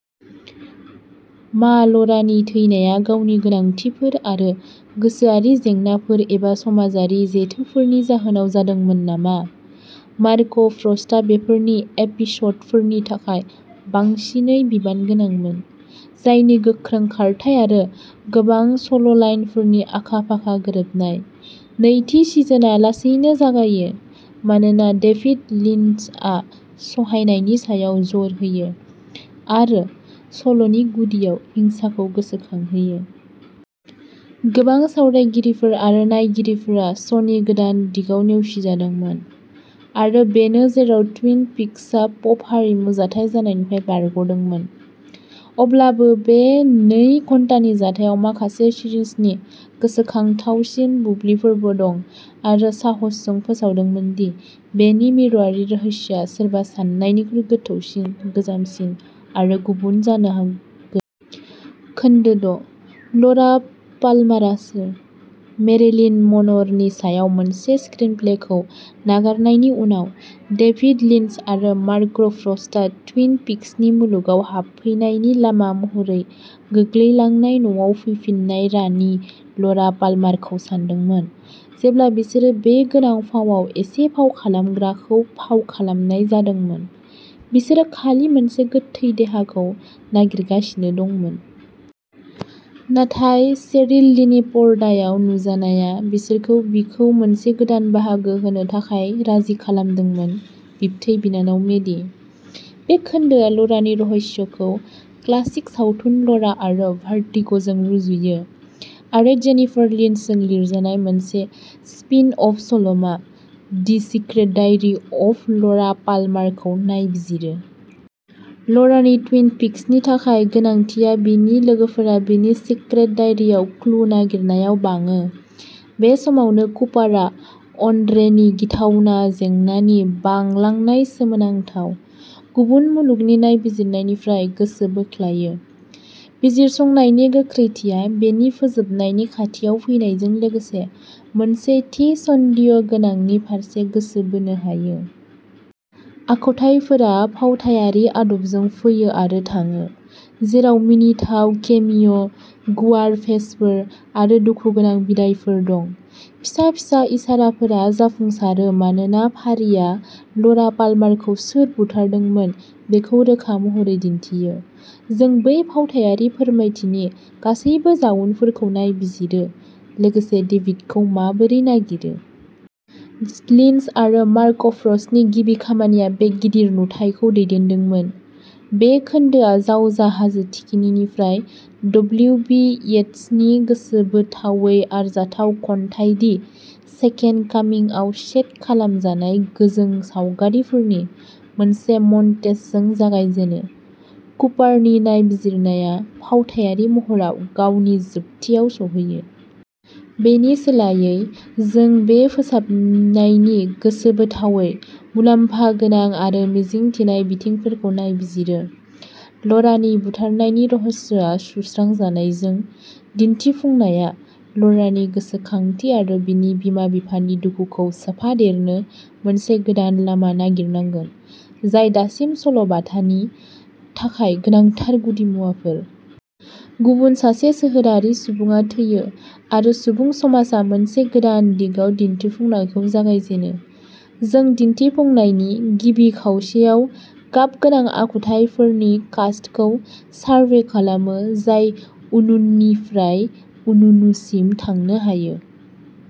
मा ल'रानि थैनाया गावनि गोनांथिफोर आरो गोसोआरि जेंनाफोर एबा समाजारि जेथोफोरनि जाहोनाव जादोंमोन नामा? मार्क फ्रस्टआ बेफोर एपिस'डफोरनि थाखाय बांसिनै बिबानगोनांमोन, जायनि गोख्रों खारथाइ आरो गोबां सल'लाइनफोरनि आखा-फाखा गोरोबनाय। नैथि सिजोनआ लासैनो जागायो, मानोना डेभिड लिन्चआ सहायनायनि सायाव जर होयो आरो सल'नि गुदियाव हिंसाखौ गोसोखांहोयो। गोबां सावरायगिरिफोर आरो नायगिरिफोरा श'नि गोदान दिगाव नेवसिजादोंमोन, आरो बेनो जेराव टुइन पिक्सआ पप हारिमु जाथाय जानायनिफ्राय बारग'दोंमोन। अब्लाबो बे नै घन्टानि जाथायाव माखासे सिरिजनि गोसोखांथावसिन बुब्लिफोरबो दं आरो साहसजों फोसावदोंमोन दि बेनि मिरुआरि रहस्यआ सोरबा साननायनिख्रुइ गोथौसिन, गोसोमसिन आरो गुबुन जानो हा। खोन्दो द’- ल'रा पाल्मारआ सोर? मेरिलिन मन'रनि सायाव मोनसे स्क्रिनप्लेखौ नागारनायनि उनाव, डेभिड लिन्च आरो मार्क फ्रस्टआ टुइन पिक्सनि मुलुगाव हाबफैनायनि लामा महरै गोग्लैलांनाय न'आव फैफिननाय रानि ल'रा पाल्मारखौ सानदोंमोन। जेब्ला बिसोरो बे गोनां फावआव एसे फाव खालामग्राखौ फाव खालामनाय जादोंमोन, बिसोरो खालि मोनसे गोथै देहाखौ नागिरगासिनो दंमोन। नाथाय शेरिल लिनि पर्दायाव नुजानाया बिसोरखौ बिखौ मोनसे गोदान बाहागो होनो थाखाय राजि खालामदोंमोन बिबथै बिनानाव मेडी। बे खोन्दोआ ल'रानि रहस्यखौ क्लासिक सावथुन ल'रा आरो भार्टिग'जों रुजुयो, आरो जेनिफार लिन्चजों लिरजानाय मोनसे स्पिन-अफ सल'मा, the secret diary of Laura पाल्मारखौ नायबिजिरो। ल'रानि टुइन पिक्सनि थाखाय गोनांथिआ बिनि लोगोफोरा बिनि सिक्रेट डायरीआव क्लु नागिरनायाव बाङो। बे समावनो कुपारआ अड्रेनि गिथावना जेंनानि बांलांनाय सोमोनांथाव, गुबुन मुलुगनि नायबिजिरनायनिफ्राय गोसो बोख्लायो। बिजिरसंनायनि गोख्रैथिया बिनि फोजोबनायनि खाथियाव फैनायजों लोगोसे मोनसे थि सन्देह'गोनांनि फारसे गोसो बोनो हायो। आखुथाइफोरा फावथायारि आदबजों फैयो आरो थाङो, जेराव मिनिथाव केमिय', गुवार भेसफोर, आरो दुखुगोनां बिदाइफोर दं। फिसा फिसा इसाराफोरा जाफुंसारो मानोना फारिआ ल'रा पाल्मारखौ सोर बुथारदोंमोन बेखौ रोखा महरै दिन्थियो। जों बै फावथायारि फोरमायथिनि गासैबो जाउनफोरखौ नायबिजिरो, लोगोसे डेभिडखौ माबोरै नागिरो। लिन्च आरो मार्क फ्रस्टनि गिबि खामानिया बे गिदिर नुथायखौ दैदेनदोंमोन। बे खोन्दोआ जावजा हाजो थिखिनिनिफ्राय डब्लिउ बि येट्सनि गोसोबोथावै आरजाथाव खन्थाइ दि सेकेन्ड कामिं आव सेट खालामजानाय गोजों सावगारिफोरनि मोनसे मन्टेजजों जागायजेनो। कुपारनि नायबिजिरनाया फावथायारि महराव गावनि जोबथियाव सौहैयो। बेनि सोलायै, जों बे फोजोबनायनि गोसोबोथावै, मुलाम्फा गोनां आरो मिजिं थिनाय बिथिंफोरखौ नायबिजिरो। ल'रानि बुथारनायनि रहस्यआ सुस्रांजानायजों, दिन्थिफुंनाया ल'रानि गोसोखांथि आरो बिनि बिमा-बिफानि दुखुखौ सोफादेरनो मोनसे गोदान लामा नागिरनांगोन, जाय दासिम सल'-बाथानि थाखाय गोनांथार गुदिमुवाफोर। गुबुन सासे सोहोरारि सुबुङा थैयो आरो सुबुं समाजआ मोनसे गोदान दिगाव दिन्थिफुंनायखौ जागायजेनो। जों दिन्थिफुंनायनि गिबि खावसेयाव गाबगोनां आखुथाइफोरनि कास्टखौ सारभे खालामो जाय उननुनिफ्राय उननुसिम थांनो हायो।